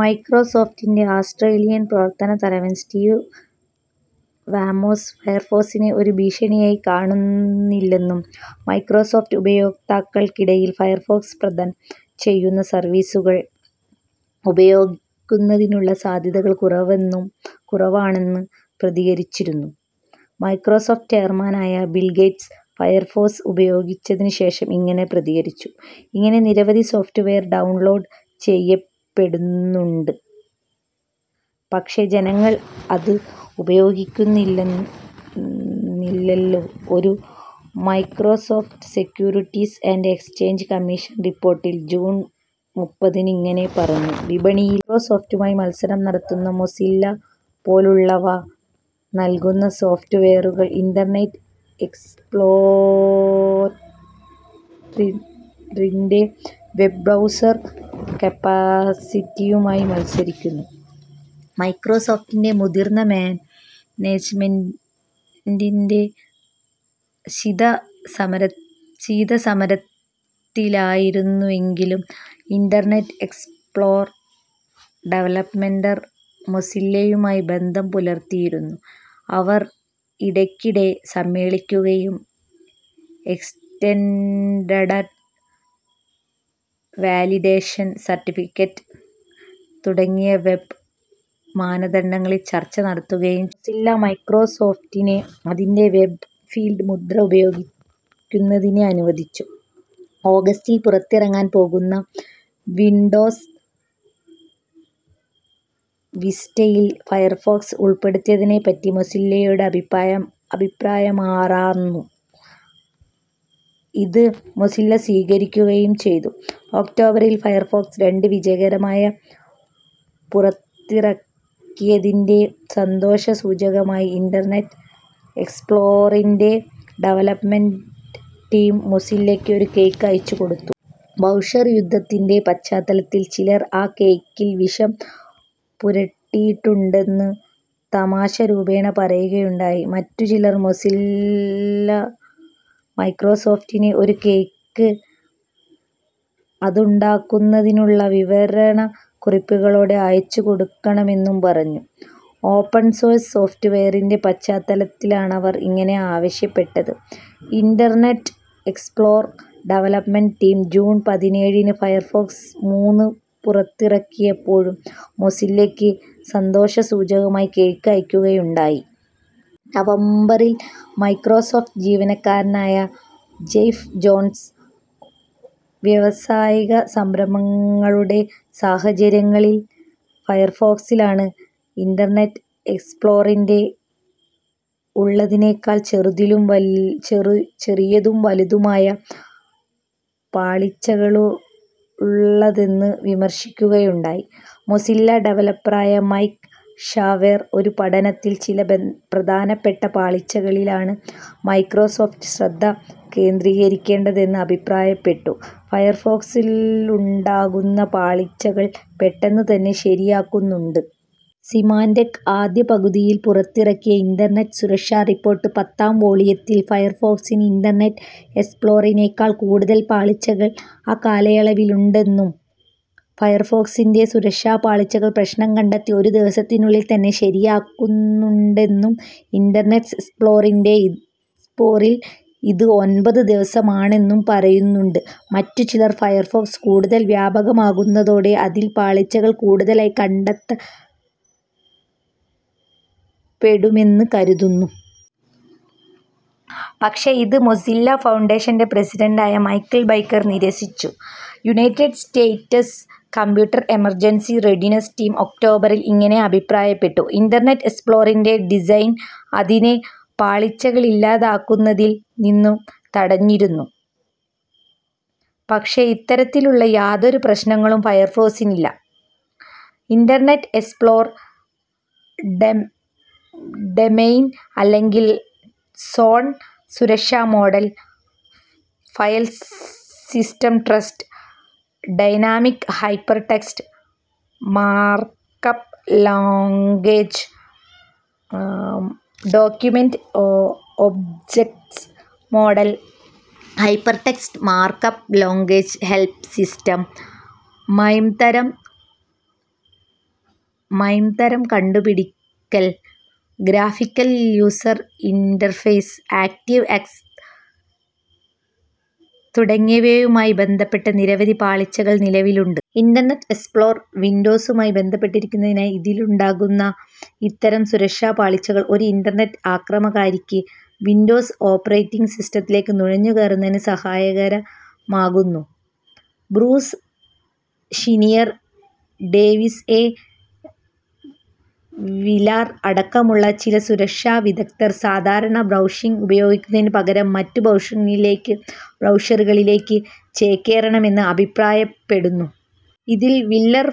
മൈക്രോസോഫ്റ്റിൻ്റെ Australian പ്രവർത്തന തലവൻ Steve വാമോസ് ഫയർഫോക്സിനെ ഒരു ഭീഷണിയായി കാണുന്നില്ലെന്നും, മൈക്രോസോഫ്റ്റ് ഉപയോക്താക്കൾക്കിടയിൽ ഫയർഫോക്സ് പ്രദാനം ചെയ്യുന്ന സർവീസുകൾ ഉപയോഗിക്കുന്നതിനുള്ള സാധ്യതകൾ കുറവാണെന്ന് പ്രതികരിച്ചിരുന്നു. മൈക്രോസോഫ്റ്റ് ചെയർമാൻ ആയ ബിൽ ഗേറ്റ്സ് ഫയർഫോക്സ് ഉപയോഗിച്ചതിനു ശേഷം ഇങ്ങനെ പ്രതികരിച്ചു. ഇങ്ങനെ നിരവധി സോഫ്റ്റ്‌വെയർ ഡൗൺലോഡ് ചെയ്യപ്പെടുന്നുണ്ട്, പക്ഷേ ജനങ്ങൾ അതു ഉപയോഗിക്കുന്നില്ലല്ലോ ഒരു Microsoft Securities and Exchange Commission റിപ്പോർട്ടിൽ ജൂൺ മുപ്പതിന് ഇങ്ങനെ പറഞ്ഞു. വിപണിയിൽ മൈക്രോസോഫ്റ്റുമായി മത്സരം നടത്തുന്ന മോസില്ല പോലുള്ളവ നൽകുന്ന സോഫ്റ്റ്‌വെയറുകൾ ഇൻ്റർനെറ്റ് എക്സ്പ്ലോററിൻ്റെ വെബ് ബ്രൗസർ കപ്പാസിറ്റിയുമായി മത്സരിക്കുന്നു. മൈക്രോസോഫ്റ്റിൻ്റെ മുതിർന്ന മാനേജ്മെൻ്റെ ശീതസമരത്തിലായിരുന്നുവെങ്കിലും ഇൻ്റർനെറ്റ് എക്സ്പ്ലോറർ ഡെവലപ്പർമാർ മോസില്ലയുമായി ബന്ധം പുലർത്തിയിരുന്നു. അവർ ഇടക്കിടെ സമ്മേളിക്കുകയും എക്സ്റ്റൻഡഡ് വാലിഡേഷൻ സർട്ടിഫിക്കറ്റ് തുടങ്ങിയ വെബ് മാനദണ്ഡങ്ങളിൽ ചർച്ച നടത്തുകയും ചെയ്തിരുന്നു. മോസില്ല മൈക്രോസോഫ്റ്റിനെ അതിൻ്റെ വെബ് ഫീഡ് മുദ്ര ഉപയോഗിക്കുന്നതിനെ അനുവദിച്ചു. ഓഗസ്റ്റിൽ പുറത്തിറങ്ങാൻ പോകുന്ന വിൻഡോസ് വിസ്റ്റയിൽ ഫയർഫോക്സ് ഉൾപ്പെടുത്തുന്നതിനെ പറ്റി മോസില്ലയോട് അഭിപ്രായമാരാഞ്ഞു. ഇത് മോസില്ല സ്വീകരിക്കുകയും ചെയ്തു. ഒക്ടോബറിൽ ഫയർഫോക്സ് രണ്ട് വിജയകരമായി പുറത്തിറക്കിയതിൻ്റെ സന്തോഷസൂചകമായി ഇൻ്റർനെറ്റ് എക്സ്പ്ലോററിൻ്റെ ഡെവലപ്പ്മെൻ്റെ ടീം മോസില്ലക്ക് ഒരു കേക്ക് അയച്ചു കൊടുത്തു. ബ്രൗസർ യുദ്ധത്തിൻ്റെ പശ്ചാത്തലത്തിൽ ചിലർ ആ കേക്കിൽ വിഷം പുരട്ടിയിട്ടുണ്ടെന്ന് തമാശ രൂപേണ പറയുകയുണ്ടായി. മറ്റു ചിലർ മോസില്ല മൈക്രോസോഫ്റ്റിന് ഒരു കേക്ക് അതു ഉണ്ടാക്കുന്നതിനുള്ള വിവരണ കുറിപ്പുകളോടെ അയച്ചു കൊടുക്കണമെന്നും പറഞ്ഞു. ഓപ്പൺ സോഴ്സ് സോഫ്റ്റ്‌വെയറിൻ്റെ പശ്ചാത്തലത്തിലാണവർ ഇങ്ങനെ ആവശ്യപ്പെട്ടത്. ഇൻ്റർനെറ്റ് എക്സ്പ്ലോർ ഡെവലപ്പ്മെൻ്റെ ടീം ജൂൺ പതിനേഴിന് ഫയർഫോക്സ് മൂന്ന് പുറത്തിറക്കിയപ്പോഴും മോസില്ലക്ക് സന്തോഷസൂചകമായി കേക്ക് അയക്കുകയുണ്ടായി. നവംബറിൽ മൈക്രോസോഫ്റ്റ് ജീവനക്കാരനായ ജെഫ് ജോൺസ്, വ്യവസായിക സംരംഭങ്ങളുടെ സാഹചര്യങ്ങളിൽ ഫയർഫോക്സിലാണ് ഇൻ്റർനെറ്റ് എക്സ്പ്ലോറിന്റെ ഉള്ളതിനേക്കാൾ ചെറിയതും വലിയതുമായ പാളിച്ചകളുള്ളതെന്ന് വിമർശിക്കുകയുണ്ടായി. മോസില്ല ഡെവലപ്പറായ മൈക്ക് ഷാവേർ ഒരു പഠനത്തിൽ ചില പ്രധാനപ്പെട്ട പാളിച്ചകളിലാണ് മൈക്രോസോഫ്റ്റ് ശ്രദ്ധ കേന്ദ്രീകരിക്കേണ്ടതെന്ന് അഭിപ്രായപ്പെട്ടു.. ഫയർഫോക്സിലുണ്ടാകുന്ന പാളിച്ചകൾ പെട്ടെന്നു തന്നെ ശരിയാക്കുന്നുണ്ട്. സിമാൻ്റെക്ക് ആദ്യ പകുതിയിൽ പുറത്തിറക്കിയ ഇൻ്റർനെറ്റ് സുരക്ഷാ റിപ്പോർട്ട് പത്താം വോള്യത്തിൽ ഫയർഫോക്സിന് ഇൻ്റർനെറ്റ് എക്സ്പ്ലോററിനേക്കാൾ കൂടുതൽ പാളിച്ചകൾ അക്കാലയളവിൽ ഉണ്ടെന്നും ഫയർഫോക്സിൻ്റെ സുരക്ഷാപാളിച്ചകൾ പ്രശ്നം കണ്ടെത്തി ഒരു ദിവസത്തിനുള്ളിൽ തന്നെ ശരിയാക്കുന്നുണ്ടെന്നും ഇൻ്റർനെറ്റ് എക്സ്പ്ലോററിൽ ഇത് ഒമ്പത് ദിവസമാണെന്നും പറയുന്നുണ്ട്. മറ്റു ചിലർ ഫയർഫോക്സ് കൂടുതൽ വ്യാപകമാകുന്നതോടെ അതിൽ പാളിച്ചകൾ കൂടുതലായി കണ്ടെത്തപ്പെടുമെന്ന് കരുതുന്നു. പക്ഷേ ഇത് മോസില്ല ഫൗണ്ടേഷൻ്റെ പ്രസിഡൻ്റായ മൈക്കൽ ബൈക്കർ നിരസിച്ചു. United States Computer Emergency Readiness Team ഒക്ടോബറിൽ ഇങ്ങനെ അഭിപ്രായപ്പെട്ടു. ഇൻ്റർനെറ്റ് എക്സ്പ്ലോറിൻ്റെ ഡിസൈൻ അതിനെ പാളിച്ചകളില്ലാതാക്കുന്നതിൽ നിന്നു തടഞ്ഞിരിക്കുന്നു. പക്ഷേ ഇത്തരത്തിലുള്ള യാതൊരു പ്രശ്നങ്ങളും ഫയർഫോക്സിനില്ല. ഇൻ്റർനെറ്റ് എക്സ്പ്ലോർ ഡമൈൻ അല്ലെങ്കിൽ സോൺ സുരക്ഷാ model, file system trust, dynamic hypertext markup language ഡോക്യുമെൻ്റെ object model, hypertext markup language help system, MIME തരം കണ്ടുപിടിക്കൽ, graphical user interface, ActiveX തുടങ്ങിയവയുമായി ബന്ധപ്പെട്ട് ധാരാളം പാളിച്ചകൾ നിലവിലുണ്ട്. ഇൻ്റർനെറ്റ് എക്സ്പ്ലോറർ വിൻഡോസുമായി ബന്ധപ്പെട്ടിരിക്കുന്നതിനാൽ ഇതിലുണ്ടാകുന്ന ഇത്തരം സുരക്ഷാപാളിച്ചകൾ ഒരു ഇൻ്റർനെറ്റ് അക്രമകാരിക്ക് വിൻഡോസ് ഓപ്പറേറ്റിംഗ് സിസ്റ്റത്തിലേക്ക് നുഴഞ്ഞു കയറുന്നതിന് സഹായകരമാകുന്നു. Bruce Schneier David A. Wheeler അടക്കമുള്ള ചില സുരക്ഷാ വിദഗ്ദ്ധർ സാധാരണ ബ്രൗഷിങ്ങ് ഉപയോഗിക്കുന്നതിനു പകരം മറ്റു ബ്രൗഷിങ്ങിലേക്ക്, ബ്രൗഷറുകളിലേക്ക് ചേക്കേറണമെന്ന് അഭിപ്രായപ്പെടുന്നു. ഇതിൽ വീലർ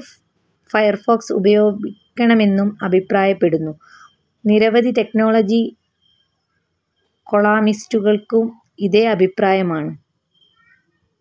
ഫയർഫോക്സ് ഉപയോഗിക്കണമെന്നും അഭിപ്രായപ്പെടുന്നു. നിരവധി ടെക്നോളജി കോളമിസ്റ്റുകൾക്കും ഇതേ അഭിപ്രായമാണ്.